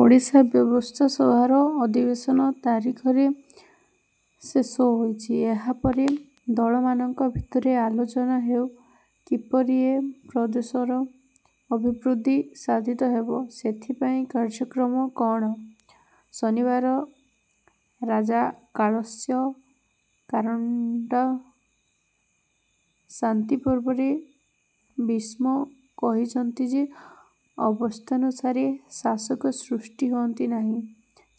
ଓଡ଼ିଶା ବ୍ୟବସ୍ଥାସଭାର ଅଧିବେଶନ ତା ରିଖରେ ଶେଷ ହେଉଛି। ଏହାପରେ ଦଳମାନଙ୍କ ଭିତରେ ଆଲୋଚନା ହେଉ କିପରି ଏ ପ୍ରଦେଶର ଅଭିବୃଦ୍ଧି ସାଧିତ ହେବ। ସେଥିପାଇଁ କାର୍ଯ୍ୟକ୍ରମ କଅଣ? ଶନିବାର ରାଜା କାଳସ୍ୟ କାରଣଂ ଶାନ୍ତିପର୍ବରେ ଭୀଷ୍ମ କହିଛନ୍ତି ଯେ ଅବସ୍ଥାନୁସାରେ ଶାସକ ସୃଷ୍ଟି ହୁଅନ୍ତି ନାହିଁ;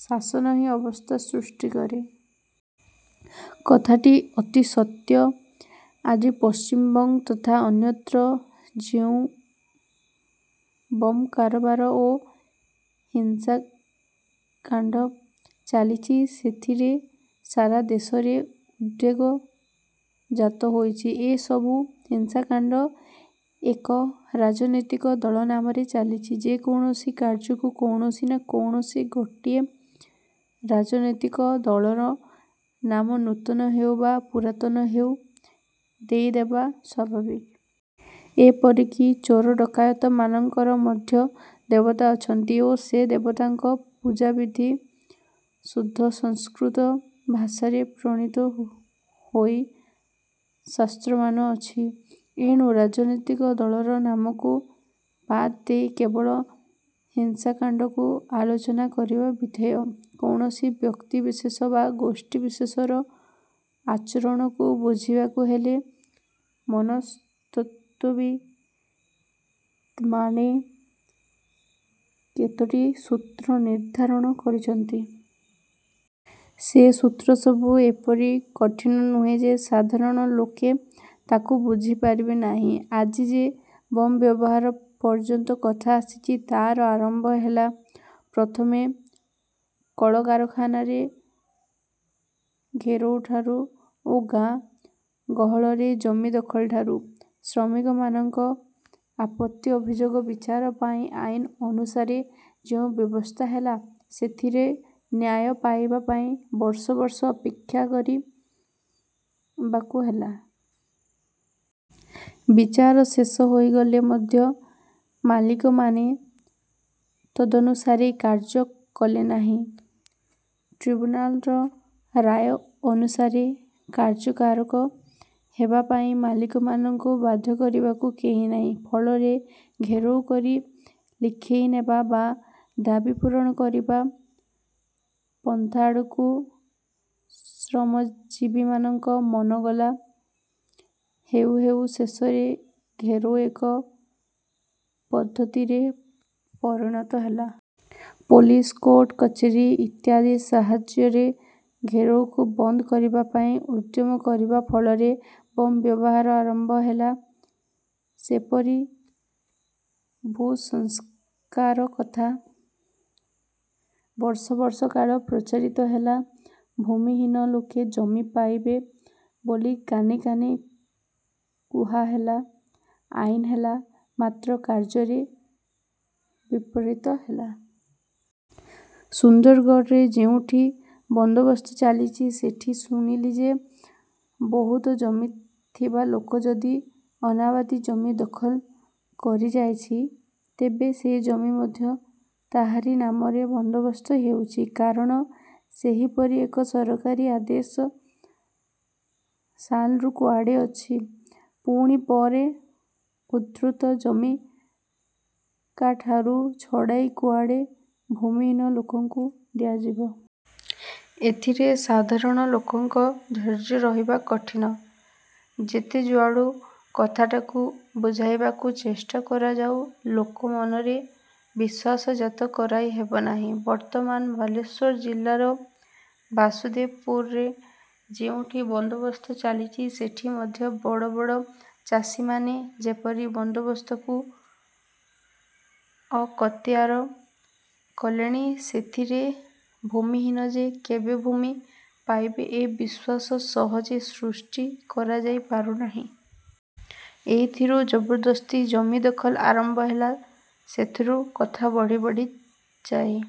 ଶାସନ ହିଁ ଅବସ୍ଥା ସୃଷ୍ଟି କରେ। କଥାଟି ଅତି ସତ୍ୟ। ଆଜି ପଶ୍ଚିମବଙ୍ଗ ତଥା ଅନ୍ୟତ୍ର ଯେଉଁ ବମ୍ କାରବାର ଓ ହିଂସାକାଣ୍ଡ ଚାଲିଛି, ସେଥିରେ ସାରା ଦେଶରେ ଉଦ୍ବେଗ ଜାତ ହୋଇଛି। ଏ ସବୁ ହିଂସାକାଣ୍ଡ ଏକ ରାଜନୈତିକ ଦଳ ନାମରେ ଚାଲିଛି। ଯେ କୌଣସି କାର୍ଯ୍ୟକୁ କୌଣସି ନା କୌଣସି ଗୋଟିଏ ରାଜନୈତିକ ଦଳର ନାମ ନୂତନ ହେଉ ବା ପୁରାତନ ହେଉ ଦେଇଦେବା ସ୍ୱାଭାବିକ। ଏପରିକି ଚୋର ଡକାୟତମାନଙ୍କର ମଧ୍ୟ ଦେବତା ଅଛନ୍ତି ଓ ସେ ଦେବତାଙ୍କ ପୂଜାବିଧି ଶୁଦ୍ଧ ସଂସ୍କୃତ ଭାଷାରେ ପ୍ରଣୀତ ହୋଇ ଶାସ୍ତ୍ରମାନ ଅଛି। ଏଣୁ ରାଜନୈତିକ ଦଳର ନାମକୁ ବାଦ ଦେଇ କେବଳ ହିଂସାକାଣ୍ଡକୁ ଆଲୋଚନା କରିବା ବିଧେୟ। କୌଣସି ବ୍ୟକ୍ତିବିଶେଷ ବା ଗୋଷ୍ଠୀବିଶେଷର ଆଚରଣକୁ ବୁଝିବାକୁ ହେଲେ ମନସ୍ତତ୍ତ୍ୱବିଦ୍ମାନେ କେତୋଟି ସୂତ୍ର ନିର୍ଦ୍ଧାରଣ କରିଛନ୍ତି। ସେ ସୂତ୍ର ସବୁ ଏପରି କଠିନ ନୁହେଁ ଯେ ସାଧାରଣ ଲୋକେ ତାକୁ ବୁଝି ପାରିବେନାହିଁ। ଆଜି ଯେ ବମ୍ ବ୍ୟବହାର ପର୍ଯ୍ୟନ୍ତ କଥା ଆସିଛି, ତା'ର ଆରମ୍ଭ ହେଲା ପ୍ରଥମେ କଳ କାରଖାନାରେ ଘେରଉଠାରୁ ଓ ଗାଁ। ଗହଳରେ ଜମି ଦଖଲ ଠାରୁ। ଶ୍ରମିକମାନଙ୍କ ଆପତ୍ତି ଅଭିଯୋଗ ବିଚାର ପାଇଁ ଆଇନ ଅନୁସାରେ ଯେଉଁ ବ୍ୟବସ୍ଥା ହେଲା, ସେଥିରେ ନ୍ୟାୟ ପାଇବା ପାଇଁ ବର୍ଷ ବର୍ଷ ଅପେକ୍ଷା କରିବାକୁ ହେଲା। ବିଚାର ଶେଷ ହୋଇଗଲେ ମଧ୍ୟ ମାଲିକମାନେ ତଦନୁସାରେ କାର୍ଯ୍ୟ କଲେନାହିଁ। ଟ୍ରିବ୍ୟୁନାଲର ରାୟ ଅନୁସାରେ କାର୍ଯ୍ୟକାରକ ହେବା ପାଇଁ ମାଲିକମାନଙ୍କୁ ବାଧ୍ୟ କରିବାକୁ କେହି ନାହିଁ। ଫଳରେ ଘେରଉ କରି ଲେଖେଇ ନେବା ବା ଦାବି ପୂରଣ କରିବା ପନ୍ଥାଆଡ଼କୁ ଶ୍ରମଜୀବୀମାନଙ୍କ ମନ ଗଲା। ହେଉଁ ହେଉଁ ଶେଷରେ ଘେରଉ ଏକ ପଦ୍ଧତିରେ ପରିଣତ ହେଲା। ପୋଲିସ, କୋର୍ଟ କଚେରୀ ଇତ୍ୟାଦି ସାହାଯ୍ୟରେ ଘେରୋଉକୁ ବନ୍ଦ କରିବା ପାଇଁ ଉଦ୍ୟମ କରିବା ଫଳରେ ବମ୍ ବ୍ୟବହାର ଆରମ୍ଭ ହେଲା। ସେପରି ଭୂସଂସ୍କାର କଥା ବର୍ଷ ବର୍ଷ କାଳ ପ୍ରଚାରିତ ହେଲା। ଭୂମିହୀନ ଲୋକେ ଜମି ପାଇବେ ବୋଲି କାନେ କାନେ କୁହାହେଲା। ଆଇନ ହେଲା; ମାତ୍ର କାର୍ଯ୍ୟରେ ବିପରୀତ ହେଲା। ସୁନ୍ଦରଗଡ଼ରେ ଯେଉଁଠି ବନ୍ଦୋବସ୍ତ ଚାଲିଛି, ସେଠି ଶୁଣିଲି ଯେ, ବହୁତ ଜମିଥିବା ଲୋକ ଯଦି ଅନାବାଦୀ ଜମି ଦଖଲ କରିଯାଇଛି, ତେବେ ସେ ଜମି ମଧ୍ୟ ତାହାରି ନାମରେ ବନ୍ଦୋବସ୍ତ ହେଉଛି; କାରଣ ସେହିପରି ଏକ ସରକାରୀ ଆଦେଶ ସାଲରୁ କୁଆଡ଼େ ଅଛି। ପୁଣି ପରେ ଉଦ୍ବୃତ୍ତ ଜମି କା'ଠାରୁ ଛଡ଼ାଇ କୁଆଡ଼େ ଭୂମିହୀନ ଲୋକଙ୍କୁ ଦିଆଯିବ। ଏଥିରେ ସାଧାରଣ ଲୋକଙ୍କ ଧୈର୍ଯ୍ୟ ରହିବା କଠିନ। ଯେତେ ଯୁଆଡ଼ୁ କଥାଟାକୁ ବୁଝାଇବାକୁ ଚେଷ୍ଟା କରାଯାଉ, ଲୋକ ମନରେ ବିଶ୍ୱାସ ଜାତ କରାଇ ହେବନାହିଁ। ବର୍ତ୍ତମାନ ବାଲେଶ୍ୱର ଜିଲ୍ଲାର ବାସୁଦେବପୁରରେ ଯେଉଁଠି ବନ୍ଦୋବସ୍ତ ଚାଲିଛି, ସେଠି ମଧ୍ୟ ବଡ଼ ବଡ଼ ଚାଷୀମାନେ ଯେପରି ବନ୍ଦୋବସ୍ତକୁ ଅକତିୟାର କଲେଣି, ସେଥିରେ ଭୂମିହୀନ ଯେ କେବେ ଭୂମି ପାଇବେ ଏ ବିଶ୍ୱାସ ସହଜେ ସୃଷ୍ଟି କରାଯାଇ ପାରୁନାହିଁ। ଏଇଥିରୁ ଜବରଦସ୍ତି ଜମି ଦଖଲ ଆରମ୍ଭ ହେଲା। ସେଥିରୁ କଥା ବଢ଼ି ବଢ଼ି ଯାଇ